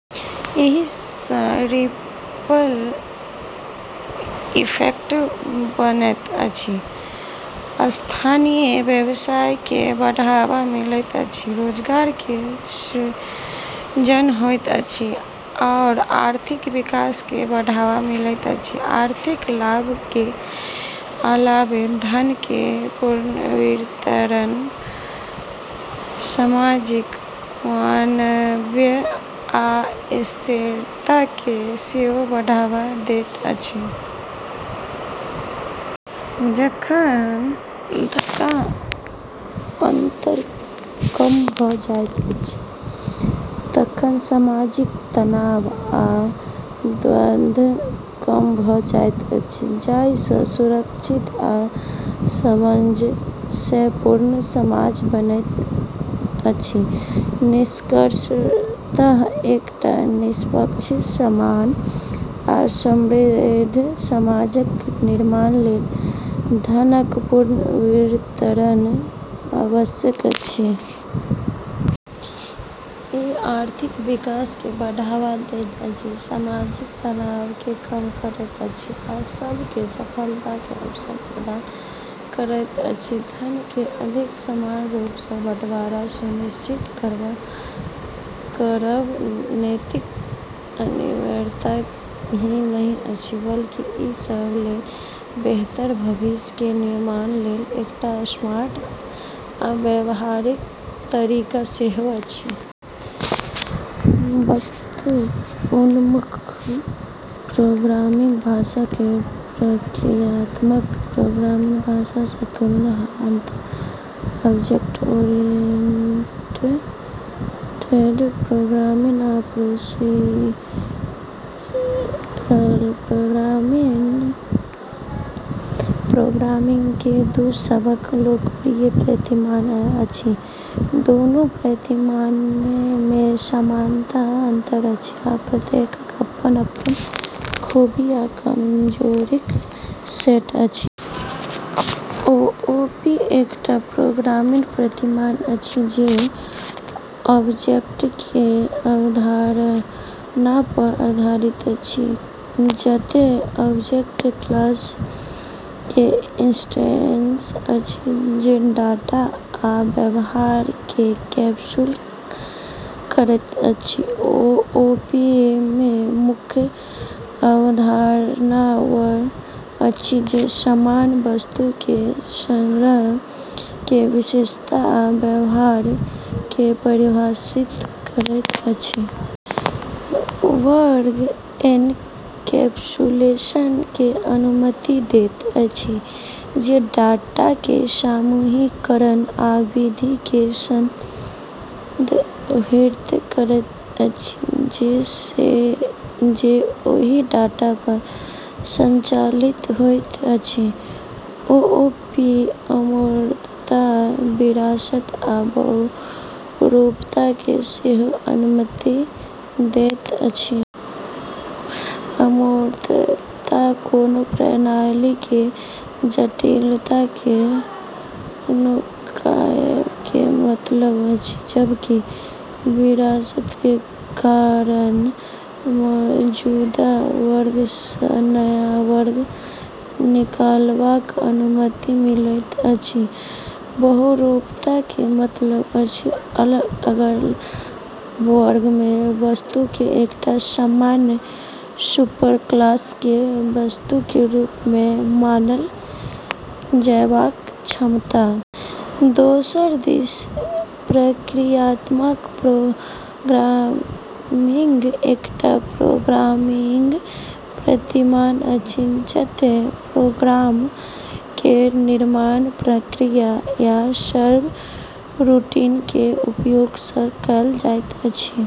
एहि सं ripple effect बनैत अछि, स्थानीय व्यवसाय के बढ़ावा मिलैत अछि, रोजगार के सृजन होइत अछि, आओर आर्थिक विकास के बढ़ावा मिलैत अछि। आर्थिक लाभ के अलावे धन के पुनर्वितरण सामाजिक समन्वय आ स्थिरता केँ सेहो बढ़ावा दैत अछि। जखन धनक अंतर कम भ' जाइत अछि तखन सामाजिक तनाव आ द्वंद्व कम भ' जाइत अछि, जाहि सँ सुरक्षित आ सामंजस्यपूर्ण समाज बनैत अछि। निष्कर्षतः एकटा निष्पक्ष, समान, आ समृद्ध समाजक निर्माण लेल धनक पुनर्वितरण आवश्यक अछि। ई आर्थिक विकास केँ बढ़ावा दैत अछि, सामाजिक तनाव केँ कम करैत अछि, आ सब केँ सफलता के अवसर प्रदान करैत अछि। धन के अधिक समान रूप सँ बंटवारा सुनिश्चित करब नैतिक अनिवार्यता ही नहि अछि, बल्कि ई सब लेल बेहतर भविष्य के निर्माण लेल एकटा स्मार्ट आ व्यावहारिक तरीका सेहो अछि। वस्तु-उन्मुख प्रोग्रामिंग भाषा के प्रक्रियात्मक प्रोग्रामिंग भाषा सँ तुलना आ अंतर। ऑब्जेक्ट-ओरिएंटेड प्रोग्रामिंग आ प्रोसीजरल प्रोग्रामिंग प्रोग्रामिंग के दू सबसँ लोकप्रिय प्रतिमान अछि। दुनू प्रतिमान मे समानता आ अंतर अछि, आ प्रत्येकक अपन-अपन खूबी आ कमजोरीक सेट अछि। ओओपी एकटा प्रोग्रामिंग प्रतिमान अछि जे ऑब्जेक्ट के अवधारणा पर आधारित अछि, जतय ऑब्जेक्ट क्लास के इंस्टेंस अछि जे डाटा आ व्यवहार केँ कैप्सूल करैत अछि। ओओपी मे मुख्य अवधारणा वर्ग अछि, जे समान वस्तु के संग्रह के विशेषता आ व्यवहार केँ परिभाषित करैत अछि। वर्ग एनकैप्सुलेशन के अनुमति दैत अछि, जे डाटा के समूहीकरण आ विधि केँ संदर्भित करैत अछि जे ओहि डाटा पर संचालित होइत अछि। ओओपी अमूर्तता, विरासत, आ बहुरूपता केँ सेहो अनुमति दैत अछि। अमूर्तता कोनो प्रणाली के जटिलता केँ नुकाएब के मतलब अछि, जबकि विरासत के कारण मौजूदा वर्ग सँ नया वर्ग निकालबाक अनुमति मिलैत अछि। बहुरूपता के मतलब अछि अलग-अलग वर्ग के वस्तु के एकटा सामान्य सुपरक्लास के वस्तु के रूप मे मानल जाएबाक क्षमता। दोसर दिस प्रक्रियात्मक प्रोग्रामिंग एकटा प्रोग्रामिंग प्रतिमान अछि जतय प्रोग्राम के निर्माण प्रक्रिया, या सबरूटीन के उपयोग सँ कएल जाइत अछि।